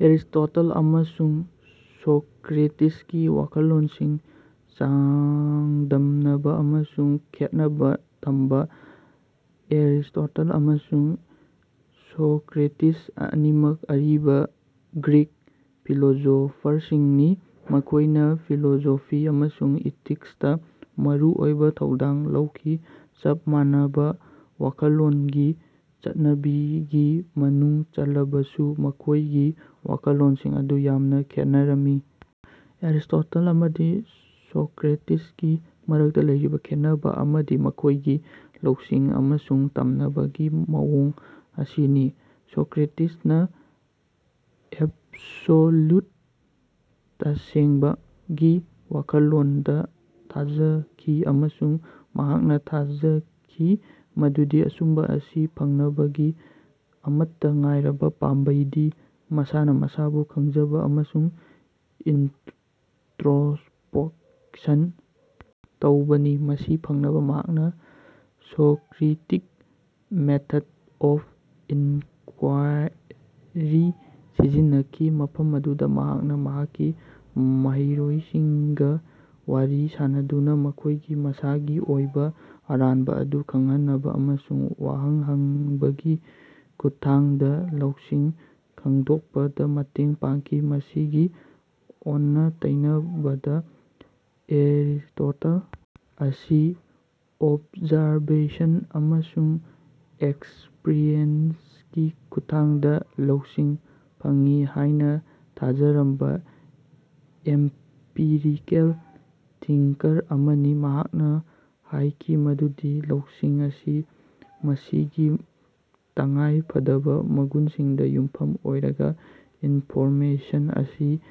Aristotle ꯑꯃꯁꯨꯡ ꯁꯣꯀ꯭ꯔꯦꯇꯤꯁꯀꯤ ꯋꯥꯈꯜꯂꯣꯟꯁꯤꯡ ꯆꯥꯡꯗꯝꯅꯕ ꯑꯃꯁꯨꯡ ꯈꯦꯠꯅꯕ ꯊꯝꯕ- ꯑꯦꯔꯤꯁ꯭ꯇꯣꯇꯜ ꯑꯃꯁꯨꯡ ꯁꯣꯀ꯭ꯔꯦꯇꯤꯁ ꯑꯅꯤꯃꯛ ꯑꯔꯤꯕ ꯒ꯭ꯔꯤꯛ ꯐꯤꯂꯣꯁꯣꯐꯔꯁꯤꯡꯅꯤ꯫ ꯃꯈꯣꯏꯅ ꯐꯤꯂꯣꯁꯣꯐꯤ ꯑꯃꯁꯨꯡ ꯏꯊꯤꯛꯁꯇ ꯃꯔꯨꯑꯣꯏꯕ ꯊꯧꯗꯥꯡ ꯂꯧꯈꯤ꯫ ꯆꯞ ꯃꯥꯟꯅꯕ ꯋꯥꯈꯜꯂꯣꯟꯒꯤ ꯆꯠꯅꯕꯤꯒꯤ ꯃꯅꯨꯡ ꯆꯜꯂꯕꯁꯨ ꯃꯈꯣꯏꯒꯤ ꯋꯥꯈꯜꯂꯣꯟꯁꯤꯡ ꯑꯗꯨ ꯌꯥꯝꯅ ꯈꯦꯠꯅꯔꯝꯃꯤ꯫ ꯑꯦꯔꯤꯁ꯭ꯇꯣꯇꯜ ꯑꯃꯗꯤ ꯁꯣꯀ꯭ꯔꯦꯇꯤꯁꯀꯤ ꯃꯔꯛꯇ ꯂꯩꯔꯤꯕ ꯈꯦꯟꯅꯕ ꯑꯃꯗꯤ ꯃꯈꯣꯏꯒꯤ ꯂꯧꯁꯤꯡ ꯑꯃꯁꯨꯡ ꯇꯝꯅꯕꯒꯤ ꯃꯑꯣꯡ ꯑꯁꯤꯅꯤ꯫ ꯁꯣꯀ꯭ꯔꯦꯇꯤꯁꯅ ꯑꯦꯕꯁꯣꯂ꯭ꯌꯨꯠ (ꯇꯁꯦꯡꯕ)ꯒꯤ ꯋꯥꯈꯜꯂꯣꯟꯗ ꯊꯥꯖꯈꯤ ꯑꯃꯁꯨꯡ ꯃꯍꯥꯛꯅ ꯊꯥꯖꯈꯤ ꯃꯗꯨꯗꯤ ꯑꯆꯨꯝꯕ ꯑꯁꯤ ꯐꯪꯅꯕꯒꯤ ꯑꯃꯠꯇ ꯉꯥꯏꯔꯕ ꯄꯥꯝꯕꯩꯗꯤ ꯃꯁꯥꯅ ꯃꯁꯥꯕꯨ ꯈꯪꯖꯕ ꯑꯃꯁꯨꯡ ꯏꯟꯇ꯭ꯔꯣꯁꯄꯣꯛꯁꯟ ꯇꯧꯕꯅꯤ꯫ ꯃꯁꯤ ꯐꯪꯅꯕ ꯃꯍꯥꯛꯅ ꯁꯣꯀ꯭ꯔꯤꯇꯤꯛ ꯃꯦꯊꯗ ꯑꯣꯐ ꯏꯅꯀ꯭ꯋꯦꯔꯤ ꯁꯤꯖꯤꯟꯅꯈꯤ꯫ ꯃꯐꯝ ꯑꯗꯨꯗ ꯃꯍꯥꯛꯅ ꯃꯍꯥꯛꯀꯤ ꯃꯍꯩꯔꯣꯏꯁꯤꯡꯒ ꯋꯥꯔꯤ ꯁꯥꯅꯗꯨꯅ ꯃꯈꯣꯏꯒꯤ ꯃꯁꯥꯒꯤ ꯑꯣꯏꯕ ꯑꯔꯥꯟꯕ ꯑꯗꯨ ꯈꯪꯍꯟꯅꯕ ꯑꯃꯁꯨꯡ ꯋꯥꯍꯪ ꯍꯪꯕꯒꯤ ꯈꯨꯠꯊꯥꯡꯗ ꯂꯧꯁꯤꯡ ꯈꯪꯗꯣꯛꯄꯗ ꯃꯇꯦꯡ ꯄꯥꯡꯈꯤ꯫ ꯃꯁꯤꯒꯤ ꯑꯣꯟꯅ-ꯇꯩꯅꯕꯗ, ꯑꯦꯔꯤꯁ꯭ꯇꯣꯇꯜ ꯑꯁꯤ ꯑꯣꯕꯖꯔꯕꯦꯁꯟ ꯑꯃꯁꯨꯡ ꯑꯦꯛꯁ꯭ꯄꯔꯤꯑꯦꯟꯁꯀꯤ ꯈꯨꯠꯊꯥꯡꯗ ꯂꯧꯁꯤꯡ ꯐꯪꯏ ꯍꯥꯏꯅ ꯊꯥꯖꯔꯝꯕ ꯑꯦꯝꯄꯤꯔꯤꯀꯦꯜ ꯊꯤꯡꯀꯔ ꯑꯃꯅꯤ꯫ ꯃꯍꯥꯛꯅ ꯍꯥꯏꯈꯤ ꯃꯗꯨꯗꯤ ꯂꯧꯁꯤꯡ ꯑꯁꯤ ꯃꯁꯤꯒꯤ ꯇꯉꯥꯏ ꯐꯗꯕ ꯃꯒꯨꯟꯁꯤꯡꯗ ꯌꯨꯝꯐꯝ ꯑꯣꯏꯔꯒ ꯏꯟꯐꯣꯔꯃꯦꯁꯟ ꯑꯁꯤ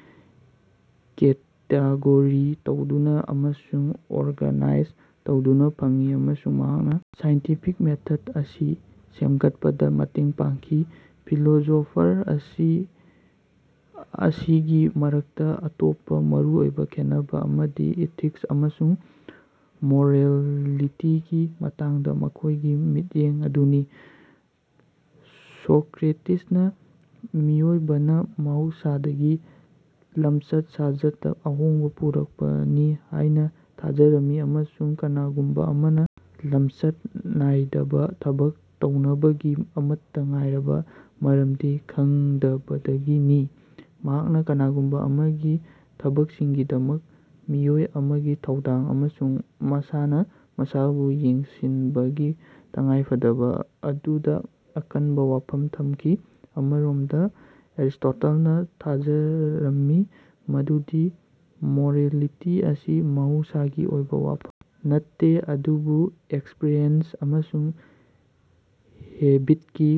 ꯀꯦꯇꯦꯒꯣꯔꯤ ꯇꯧꯗꯨꯅ ꯑꯃꯁꯨꯡ ꯑꯣꯔꯒꯅꯥꯏꯖ ꯇꯧꯗꯨꯅ ꯐꯪꯏ ꯑꯃꯁꯨꯡ ꯃꯍꯥꯛꯅ ꯁꯥꯏꯟꯇꯤꯐꯤꯛ ꯃꯦꯊꯗ ꯑꯁꯤ ꯁꯦꯝꯒꯠꯄꯗ ꯃꯇꯦꯡ ꯄꯥꯡꯈꯤ꯫ ꯐꯤꯂꯣꯁꯣꯐꯔ ꯑꯁꯤ ꯑꯁꯤꯒꯤ ꯃꯔꯛꯇ ꯑꯇꯣꯞꯄ ꯃꯔꯨꯑꯣꯏꯕ ꯈꯦꯠꯅꯕ ꯑꯃꯗꯤ ꯏꯊꯤꯛꯁ ꯑꯃꯁꯨꯡ ꯃꯣꯔꯦꯜꯂꯤꯇꯤꯒꯤ ꯃꯇꯥꯡꯗ ꯃꯈꯣꯏꯒꯤ ꯃꯤꯠꯌꯦꯡ ꯑꯗꯨꯅꯤ꯫ ꯁꯣꯀ꯭ꯔꯦꯇꯤꯁꯅ ꯃꯤꯑꯣꯏꯕꯅ ꯃꯍꯧꯁꯥꯗꯒꯤ ꯂꯝꯆꯠ ꯁꯥꯖꯠꯇ ꯑꯍꯣꯡꯕ ꯄꯨꯔꯛꯄꯅꯤ ꯍꯥꯏꯅ ꯊꯥꯖꯔꯝꯃꯤ ꯑꯃꯁꯨꯡ ꯀꯅꯥꯒꯨꯝꯕ ꯑꯃꯅ ꯂꯝꯆꯠ ꯅꯥꯏꯗꯕ ꯊꯕꯛ ꯇꯧꯅꯕꯒꯤ ꯑꯃꯠꯇ ꯉꯥꯏꯔꯕ ꯃꯔꯝꯗꯤ ꯈꯪꯗꯕꯗꯒꯤꯅꯤ꯫ ꯃꯍꯥꯛꯅ ꯀꯅꯥꯒꯨꯝꯕ ꯑꯃꯒꯤ ꯊꯕꯛꯁꯤꯡꯒꯤꯗꯃꯛ ꯃꯤꯑꯣꯏ ꯑꯃꯒꯤ ꯊꯧꯗꯥꯡ ꯑꯃꯁꯨꯡ ꯃꯁꯥꯅ ꯃꯁꯥꯕꯨ ꯌꯦꯡꯁꯤꯟꯕꯒꯤ ꯇꯉꯥꯏꯐꯗꯕ ꯑꯗꯨꯗ ꯑꯀꯟꯕ ꯋꯥꯐꯝ ꯊꯝꯈꯤ꯫ ꯑꯃꯔꯣꯝꯗ, ꯑꯦꯔꯤꯁ꯭ꯇꯣꯇꯜꯅ ꯊꯥꯖꯔꯝꯃꯤ ꯃꯗꯨꯗꯤ ꯃꯣꯔꯦꯜꯂꯤꯇꯤ ꯑꯁꯤ ꯃꯍꯧꯁꯥꯒꯤ ꯑꯣꯏꯕ ꯋꯥꯐꯝ ꯅꯠꯇꯦ ꯑꯗꯨꯕꯨ ꯑꯦꯛꯁ꯭ꯄꯔꯤꯌꯦꯟꯁ ꯑꯃꯁꯨꯡ ꯍꯦꯕꯤꯠꯀꯤ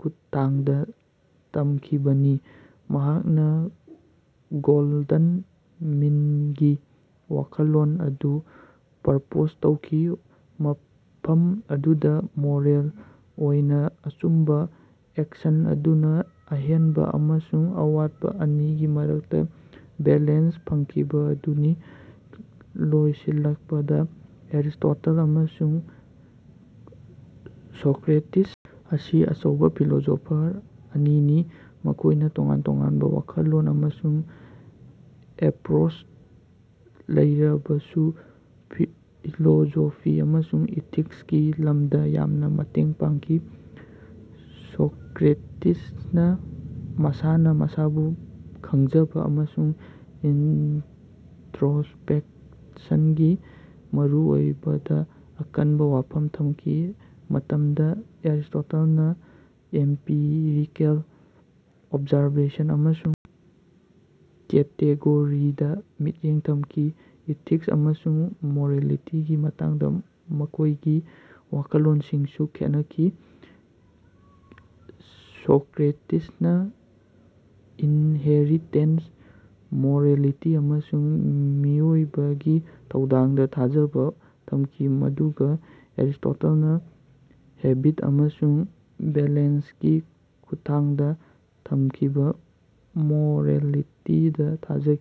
ꯈꯨꯠꯇꯥꯡꯗ ꯇꯝꯈꯤꯕꯅꯤ꯫ ꯃꯍꯥꯛꯅ ꯒꯣꯜꯗꯟ ꯃꯤꯟꯒꯤ ꯋꯥꯈꯜꯂꯣꯟ ꯑꯗꯨ ꯄ꯭ꯔꯄꯣꯖ ꯇꯧꯈꯤ꯫ ꯃꯐꯝ ꯑꯗꯨꯗ ꯃꯣꯔꯦꯜ ꯑꯣꯏꯅ ꯑꯆꯨꯝꯕ ꯑꯦꯛꯁꯟ ꯑꯗꯨꯅ ꯑꯍꯦꯟꯕ ꯑꯃꯁꯨꯡ ꯑꯋꯥꯠꯄ ꯑꯅꯤꯒꯤ ꯃꯔꯛꯇ ꯕꯦꯂꯦꯟꯁ ꯐꯪꯈꯤꯕ ꯑꯗꯨꯅꯤ꯫ ꯂꯣꯏꯁꯤꯜꯂꯛꯄꯗ, ꯑꯦꯔꯤꯁ꯭ꯇꯣꯇꯜ ꯑꯃꯁꯨꯡ ꯁꯣꯀ꯭ꯔꯦꯇꯤꯁ ꯑꯁꯤ ꯑꯆꯧꯕ ꯐꯤꯂꯣꯁꯣꯐꯔ ꯑꯅꯤꯅꯤ꯫ ꯃꯈꯣꯏꯅ ꯇꯣꯉꯥꯟ -ꯇꯣꯉꯥꯟꯕ ꯋꯥꯈꯜꯂꯣꯟ ꯑꯃꯁꯨꯡ ꯑꯦꯄ꯭ꯔꯣꯆ ꯂꯩꯔꯕꯁꯨ ꯐꯤꯂꯣꯁꯣꯐꯤ ꯑꯃꯁꯨꯡ ꯏꯊꯤꯛꯁꯀꯤ ꯂꯝꯗ ꯌꯥꯝꯅ ꯃꯇꯦꯡ ꯄꯥꯡꯈꯤ꯫ ꯁꯣꯀ꯭ꯔꯦꯇꯤꯁꯅ ꯃꯁꯥꯅ ꯃꯁꯥꯕꯨ ꯈꯪꯖꯕ ꯑꯃꯁꯨꯡ ꯏꯟꯇ꯭ꯔꯣꯁꯄꯦꯛꯁꯟꯒꯤ ꯃꯔꯨꯑꯣꯏꯕꯗ ꯑꯀꯟꯕ ꯋꯥꯐꯝ ꯊꯝꯈꯤ ꯃꯇꯝꯗ ꯑꯦꯔꯤꯁ꯭ꯇꯣꯇꯜꯅ ꯑꯦꯝꯄꯤꯔꯤꯀꯦꯜ ꯑꯣꯕꯖꯔꯕꯦꯁꯟ ꯑꯃꯁꯨꯡ ꯀꯦꯇꯦꯒꯣꯔꯤꯗ ꯃꯤꯠꯌꯦꯡ ꯊꯝꯈꯤ꯫ ꯏꯊꯤꯛꯁ ꯑꯃꯁꯨꯡ ꯃꯣꯔꯦꯂꯤꯇꯤꯒꯤ ꯃꯇꯥꯡꯗ ꯃꯈꯣꯏꯒꯤ ꯋꯥꯈꯜꯂꯣꯟꯁꯤꯡꯁꯨ ꯈꯦꯠꯅꯈꯤ꯫ ꯁꯣꯀ꯭ꯔꯦꯇꯤꯁꯅ ꯏꯟꯍꯦꯔꯤꯇꯦꯟꯇ ꯃꯣꯔꯦꯜꯂꯤꯇꯤ ꯑꯃꯁꯨꯡ ꯃꯤꯑꯣꯏꯕꯒꯤ ꯊꯧꯗꯥꯡꯗ ꯊꯥꯖꯕ ꯊꯝꯈꯤ ꯃꯗꯨꯒ ꯑꯦꯔꯤꯁ꯭ꯇꯣꯇꯜꯅ ꯍꯦꯕꯤꯠ ꯑꯃꯁꯨꯡ ꯕꯦꯂꯦꯟꯁꯀꯤ ꯈꯨꯠꯊꯥꯡꯗ ꯊꯝꯈꯤꯕ ꯃꯣꯔꯦꯜꯂꯤꯇꯤꯗ ꯊꯥꯖꯈꯤ꯫